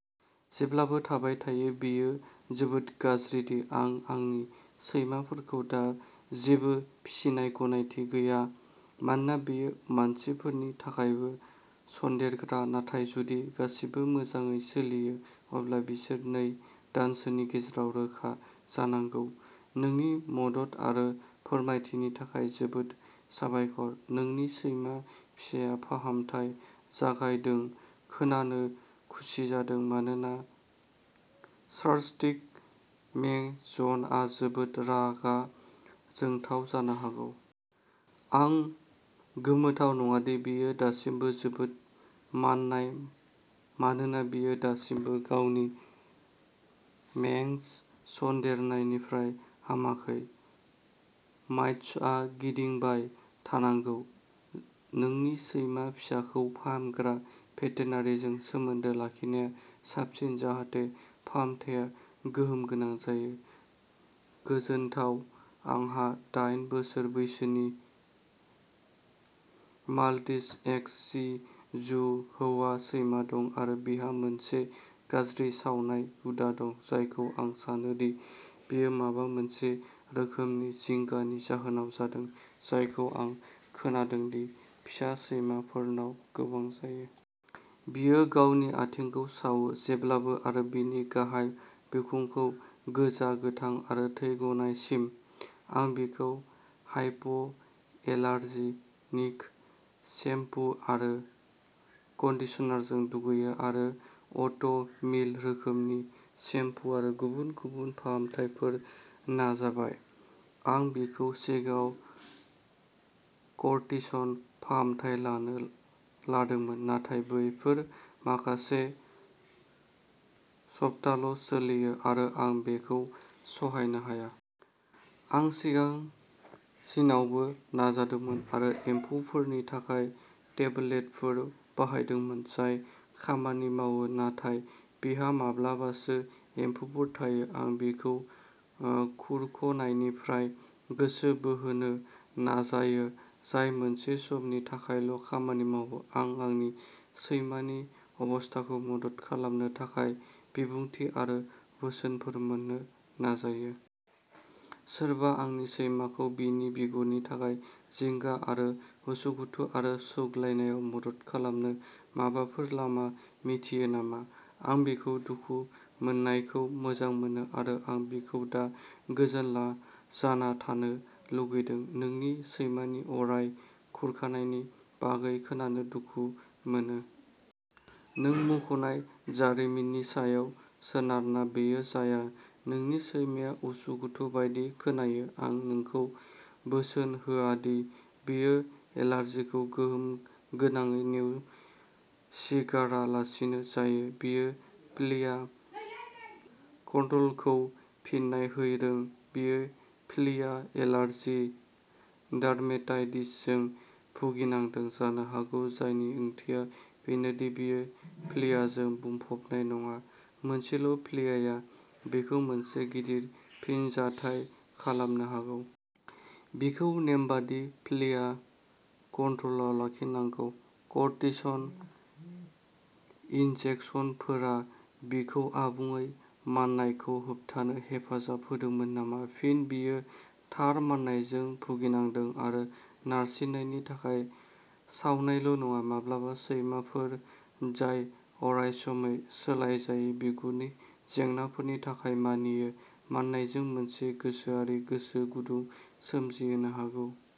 जेब्लाबो थाबाय थायो। बेयो जोबोद गाज्रिदि आं आंनि सैमाफोरखौ दा जेबो फिसिनाय गनायथि गैया मानोना बेयो मानसिफोरनि थाखायबो सनदेरग्रा नाथाय जुदि गासिबो मोजाङै सोलियो अब्ला बिसोर नै दानसोनि गेजेराव रोखा जानांगौ। नोंनि मदद आरो फोरमायथिनि थाखाय जोबोद साबायखर नोंनि सैमा फिसाया फाहामथाय जागायदों खोनानो खुसि जादों मानोना सारसटिक मेंजना जोबोद रागा जोंथाव जानो हागौ। आं गोमोथाव नङादि बियो दासिमबो जोबोद माननाय मानोना बियो दासिमबो गावनि मेंज सन्देरनायनिफ्राय हामाखै। माइटसआ गिदिंबाय थानांगौ। नोंनि सैमा फिसाखौ फाहामग्रा भेटेनारिजों सोमोन्दो लाखिनाया साबसिन जाहाथे फाहामथाया गोहोम गोनां जायो। गोजोनथाव। आंहा दाइन बोसोर बैसोनि माल्टिज एक्स शि जु हौवा सैमा दं आरो बिहा मोनसे गाज्रि सावनाय हुदा दं जायखौ आं सानो दि बेयो माबा मोनसे रोखोमनि जिंगानि जाहोनाव जादों जायखौ आं खोनादोंदि फिसा सैमाफोरनाव गोबां जायो। बियो गावनि आथिंखौ सावो। जेब्लाबो आरो बिनि गाहाय बिखुंखौ गोजा गोथां आरो थै गनायसिम। आं बिखौ हाइप'एलार्जेनिक सेम्पु आरो कन्डिशनारजों दुगैयो आरो अ'ट मिल रोखोमनि सेम्पु आरो गुबुन गुबुन फाहामथायफोर नाजाबाय। आं बिखौ सिगाङाव कर्टिसन फाहामथाय लानो लादोंमोन नाथाय बैफोर माखासे सप्ताल' सोलियो आरो आं बेखौ सहायनो हाया। आं सिगांसिनावबो नाजादोंमोन आरो एम्फौफोरनि थाखाय टेबलेटफोर बाहायदोंमोन जाय खामानि मावो नाथाय बिहा माब्लाबासो एम्फौफोर थायो। आं बिखौ ओ खुरख'नायनिफ्राय गोसो बोहोनो नाजायो जाय मोनसे सुमनि थाखायल' खामानि मावो। आं आंनि सैमानि अबस्थाखौ मदद खालामनो थाखाय बिबुंथि आरो बोसोनफोर मोन्नो नाजायो। सोरबा आंनि सैमाखौ बिनि बिगुरनि थाखाय जिंगा आरो उसुखुथु आरो सुग्लायनायाव मदद खालामनो माबाफोर लामा मिथियो नामा? आं बिखौ दुखु मोननायखौ मोजां मोनो आरो आं बिखौ दा गोजोनला जाना थानो लुबैदों। नोंनि सैमानि अराय खुरखानायनि बागै खोनानो दुखु मोनो। नों मुंख'नाय जारिमिननि सायाव सोनारना बेयो जाया। नोंनि सैमाया उसुखुथु बायदि खोनायो। आं नोंखौ बोसोन होआदि बियो एलार्जिखौ गोहोम गोनाङै नेव सिगारालासेनो जायो। बियो फ्लिया कन्ट्र'लखौ फिन्नाय हैदों बियो फ्लिया एलार्जि डार्मेडाइटिसजों भुगिनांदों जानो हागौ जायनि ओंथिया बेनोदि बियो फ्लियाजों बुंफबनाय नङा मोनसेल' फ्लियाआ बिखौ मोनसे गिदिर फिनजाथाय खालामनो हागौ। बिखौ नेमबादि फ्लिया कन्ट्र'लाव लाखिनांगौ। कर्टिसन इन्जेक्सनफोरा बिखौ आबुङै माननायखौ होबथानो हेफाजाब होदोंमोन नामा? फिन बियो थार माननायजों भुगिनांदों आरो नारसिननायनि थाखाय सावनायल' नङा। माब्लाबा सैमाफोर जाय अरायसमै सोलाइजायै बिगुरनि जेंनाफोरनि थाखाय मानियो माननायजों मोनसे गोसोआरि गोसो गुदुं सोमजिहोनो हागौ।